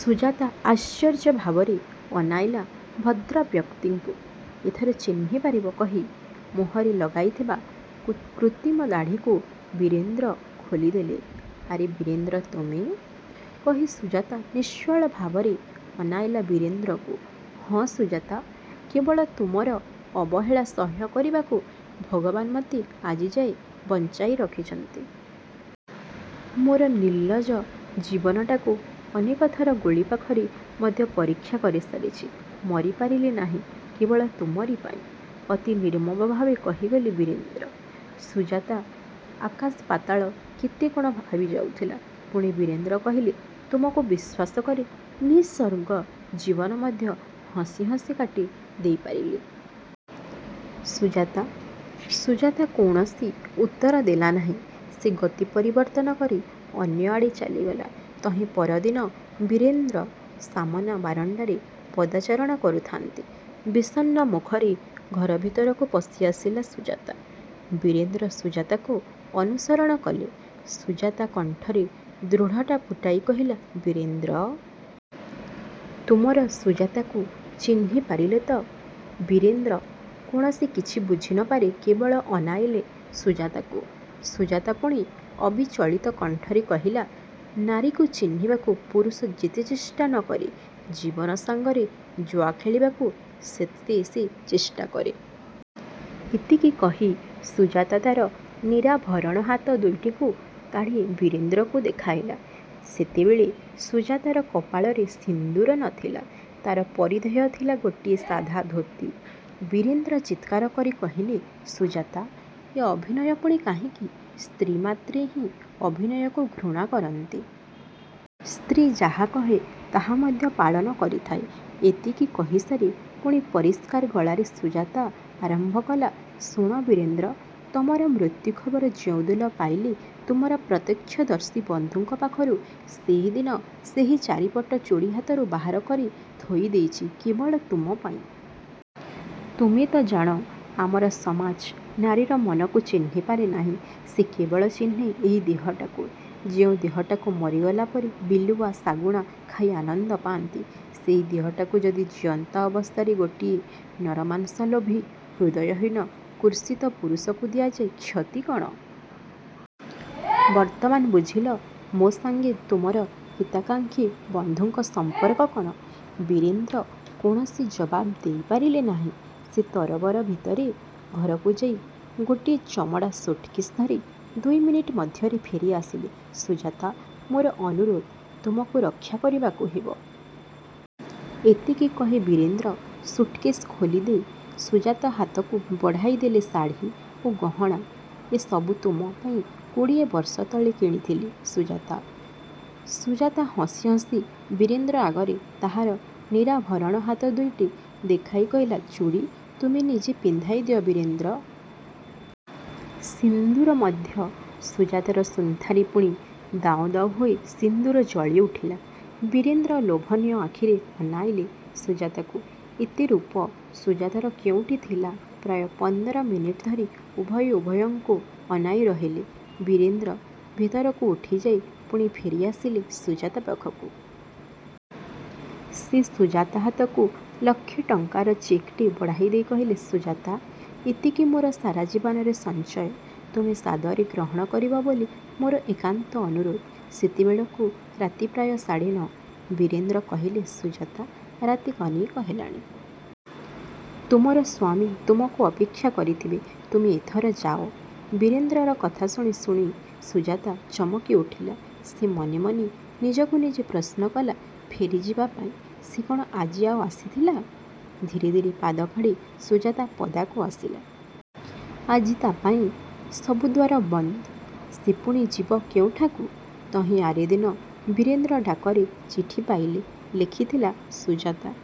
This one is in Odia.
ସୁଜାତା ଆଶ୍ଚର୍ଯ୍ୟ ଭାବରେ ଅନାଇଲା ଭଦ୍ରବ୍ୟକ୍ତିଙ୍କୁ। ''ଏଥର ଚିହ୍ନି ପାରିବ'' କହି ମୁହଁରେ ଲଗାଇଥିବା କୃତ୍ରିମଦାଢ଼ିକୁ ବୀରେନ୍ଦ୍ର ଖୋଲିଦେଲେ। ''ଆରେ ବୀରେନ୍ଦ୍ର ତୁମେ? '' କହି ସୁଜାତା ନିଶ୍ଚଳ ଭାବରେ ଅନାଇଲା ବୀରେନ୍ଦ୍ରକୁ। ''ହଁ ସୁଜାତା! କେବଳ ତୁମର ଅବହେଳା ସହ୍ୟ କରିବାକୁ ଭଗବାନ ମୋତେ ଆଜିଯାଏ ବଞ୍ଚାଇ ରଖିଛନ୍ତି। ମୋର ନିର୍ଲ୍ଲଜ ଜୀବନଟାକୁ ଅନେକଥର ଗୁଳିପାଖରେ ମଧ୍ୟ ପରୀକ୍ଷା କରିସାରିଛି। ମରିପାରିଲି ନାହିଁ କେବଳ ତୁମରି ପାଇଁ। '' ଅତି ନିର୍ମମ ଭାବେ କହିଗଲେ ବୀରେନ୍ଦ୍ର-। ସୁଜାତା ଆକାଶ ପାତାଳ କେତେ କ'ଣ ଭାବିଯାଉଥିଲା। ପୁଣି ବୀରେନ୍ଦ୍ର କହିଲେ, ''ତୁମକୁ ବିଶ୍ୱାସକରି ନିଃସଙ୍ଗ ଜୀବନ ମଧ୍ୟ ହସି ହସି କାଟି ଦେଇ ପାରିଲି। ସୁଜାତା। '' ସୁଜାତା କୌଣସି ଉତ୍ତର ଦେଲାନାହିଁ। ସେ ଗତି ପରିବର୍ତ୍ତନ କରି ଅନ୍ୟଆଡ଼େ ଚାଲିଗଲା। ତହିଁ ପରଦିନ ବୀରେନ୍ଦ୍ର ସାମନା ବାରଣ୍ଡାରେ ପଦଚାରଣ କରୁଥାନ୍ତି। ବିଷଣ୍ଣ ମୁଖରେ ଘର ଭିତରକୁ ପଶିଆସିଲା ସୁଜାତା। ବୀରେନ୍ଦ୍ର ସୁଜାତାକୁ ଅନୁସରଣ କଲେ। ସୁଜାତା କଣ୍ଠରେ ଦୃଢ଼ତା ଫୁଟାଇ କହିଲା ''ବୀରେନ୍ଦ୍ର! ତୁମର ସୁଜାତାକୁ ଚିହ୍ନି ପାରିଲ ତ? '' ବୀରେନ୍ଦ୍ର କୌଣସି କିଛି ବୁଝି ନପାରି କେବଳ ଅନାଇଲେ ସୁଜାତାକୁ। ସୁଜାତା ପୁଣି ଅବିଚଳିତ କଣ୍ଠରେ କହିଲା, ''ନାରୀକୁ ଚିହ୍ନିବାକୁ ପୁରୁଷ ଯେତେ ଚେଷ୍ଟା ନ କରେ ଜୀବନ ସଙ୍ଗରେ ଜୁଆ ଖେଳିବାକୁ ସେତେ ସେ ଚେଷ୍ଟାକରେ। '' ଏତିକି କହି ସୁଜାତା ତା'ର ନିରାଭରଣ ହାତ ଦୁଇଟିକୁ କାଢ଼ି ବୀରେନ୍ଦ୍ରକୁ ଦେଖାଇଲା। ସେତେବେଳେ ସୁଜାତାର କପାଳରେ ସିନ୍ଦୂର ନ ଥିଲା। ତା'ର ପରିଧେୟ ଥିଲା ଗୋଟିଏ ସାଧା ଧୋତି। ବୀରେନ୍ଦ୍ର ଚିତ୍କାର କରି କହିଲେ, ''ସୁଜାତା! ଏ ଅଭିନୟ ପୁଣି କାହିଁକି? '' ''ସ୍ତ୍ରୀ ମାତ୍ରେ ହିଁ ଅଭିନୟକୁ ଘୃଣା କରନ୍ତି। ସ୍ତ୍ରୀ ଯାହା କହେ ତାହା ମଧ୍ୟ ପାଳନ କରିଥାଏ। '' ଏତିକି କହିସାରି ପୁଣି ପରିଷ୍କାର ଗଳାରେ ସୁଜାତା ଆରମ୍ଭ କଲା ''ଶୁଣ ବୀରେନ୍ଦ୍ର! ତୁମର ମୃତ୍ୟୁ ଖବର ଯେଉଁ ଦିନ ପାଇଲି, ତୁମର ପ୍ରତ୍ୟକ୍ଷଦର୍ଶୀ ବନ୍ଧୁଙ୍କ ପାଖରୁ ସେହିଦିନ ସେହି ଚାରିପଟ ଚୁଡ଼ି ହାତରୁ ବାହାର କରି ଥୋଇଦେଇଛି କେବଳ ତୁମ ପାଇଁ। ତୁମେ ତ ଜାଣ ଆମର ସମାଜ ନାରୀର ମନକୁ ଚିହ୍ନିପାରେ ନାହିଁ। ସେ କେବଳ ଚିହ୍ନେ ଏହି ଦେହଟାକୁ ଯେଉଁ ଦେହଟାକୁ ମରିଗଲା ପରେ ବିଲୁଆ ଶାଗୁଣା ଖାଇ ଆନନ୍ଦ ପାଆନ୍ତି। ସେହି ଦେହଟାକୁ ଯଦି ଜିଅନ୍ତା ଅବସ୍ଥାରେ ଗୋଟିଏ ନରମାଂସ ଲୋଭୀ ହୃଦୟହୀନ କୁତ୍ସିତ ପୁରୁଷକୁ ଦିଆଯାଏ, କ୍ଷତି କ'ଣ? ବର୍ତ୍ତମାନ ବୁଝିଲ ମୋ ସଙ୍ଗେ ତୁମର ହିତାକାଙ୍କ୍ଷୀ ବନ୍ଧୁଙ୍କ ସମ୍ପର୍କ କ'ଣ। '' ବୀରେନ୍ଦ୍ର କୌଣସି ଜବାବ୍ ଦେଇ ପାରିଲେ ନାହିଁ। ସେ ତରବରରେ ଭିତର ଘରକୁ ଯାଇ ଗୋଟିଏ ଚମଡ଼ା ସୁଟକେଶ୍ ଧରି ଦୁଇମିନିଟ୍ ମଧ୍ୟରେ ଫେରିଆସିଲେ। ''ସୁଜାତା! ମୋର ଅନୁରୋଧ ତୁମକୁ ରକ୍ଷା କରିବାକୁ ହେବ। '' ଏତିକି କହି ବୀରେନ୍ଦ୍ର ସୁଟକେଶ୍ ଖୋଲି ଦେଇ ସୁଜାତା ହାତକୁ ବଢ଼ାଇ ଦେଲେ ଶାଢ଼ି ଓ ଗହଣା ''ଏ ସବୁ ତୁମ ପାଇଁ କୋଡ଼ିଏ ବର୍ଷତଳେ କିଣିଥିଲି, ସୁଜାତା! '' ସୁଜାତା ହସି ହସି ବୀରେନ୍ଦ୍ର ଆଗରେ ତାହାର ନିରାଭରଣ ହାତ ଦୁଇଟି ଦେଖାଇ କହିଲା, ''ଚୁଡ଼ି ତୁମେ ନିଜେ ପିନ୍ଧାଇଦିଅ ବୀରେନ୍ଦ୍ର! ସିନ୍ଦୂର ମଧ୍ୟ- '' ସୁଜାତାର ସୁନ୍ଥାରେ ପୁଣି ଦାଉ ଦାଉ ହୋଇ ସିନ୍ଦୂର ଜଳିଉଠିଲା। ବୀରେନ୍ଦ୍ର ଲୋଭନୀୟ ଆଖିରେ ଅନାଇଲେ ସୁଜାତାକୁ। ଏତେ ରୂପ ସୁଜାତାର କେଉଁଠି ଥିଲା? ପ୍ରାୟ ପନ୍ଦର ମିନିଟ୍ ଧରି ଉଭୟେ ଉଭୟଙ୍କୁ ଅନାଇ ରହିଲେ। ବୀରେନ୍ଦ୍ର ଭିତରକୁ ଉଠିଯାଇ ପୁଣି ଫେରିଆସିଲେ ସୁଜାତା ପାଖକୁ। ସେ ସୁଜାତା ହାତକୁ ଲକ୍ଷେ ଟଙ୍କାର ଚେକ୍ଟିଏ ବଢ଼ାଇଦେଇ କହିଲେ, ''ସୁଜାତା! ଏତିକି ମୋର ସାରାଜୀବନର ସଞ୍ଚୟ। ତୁମେ ସାଦରେ ଗ୍ରହଣ କରିବ ବୋଲି ମୋର ଏକାନ୍ତ ଅନୁରୋଧ। '' ସେତେବେଳକୁ ରାତି ପ୍ରାୟ ସାଢ଼େ ନଅ। ବୀରେନ୍ଦ୍ର କହିଲେ, ''ସୁଜାତା! ରାତି ଅନେକ ହେଲାଣି। ତୁମର ସ୍ୱାମୀ ତୁମକୁ ଅପେକ୍ଷା କରିଥିବେ। ତୁମେ ଏଥର ଯାଅ। '' ବୀରେନ୍ଦ୍ରର କଥା ଶୁଣି ସୁଜାତା ଚମକି ଉଠିଲା। ସେ ମନେମନେ ନିଜକୁ ନିଜେ ପ୍ରଶ୍ନକଲା ଫେରିଯିବା ପାଇଁ ସେ କ'ଣ ଆଜି ଆଉ ଆସିଥିଲା? ଧୀରେ ଧୀରେ ପାଦକାଢ଼ି ସୁଜାତା ପଦାକୁ ଆସିଲା। ଆଜି ତା'ପାଇଁ ସବୁ ଦ୍ୱାର ବନ୍ଦ। ସେ ପୁଣି ଯିବ କେଉଁଠାକୁ? ତହିଁ ଆରଦିନ ବୀରେନ୍ଦ୍ର ଡାକରେ ଚିଠି ପାଇଲେ, ଲେଖିଥିଲା ସୁଜାତା.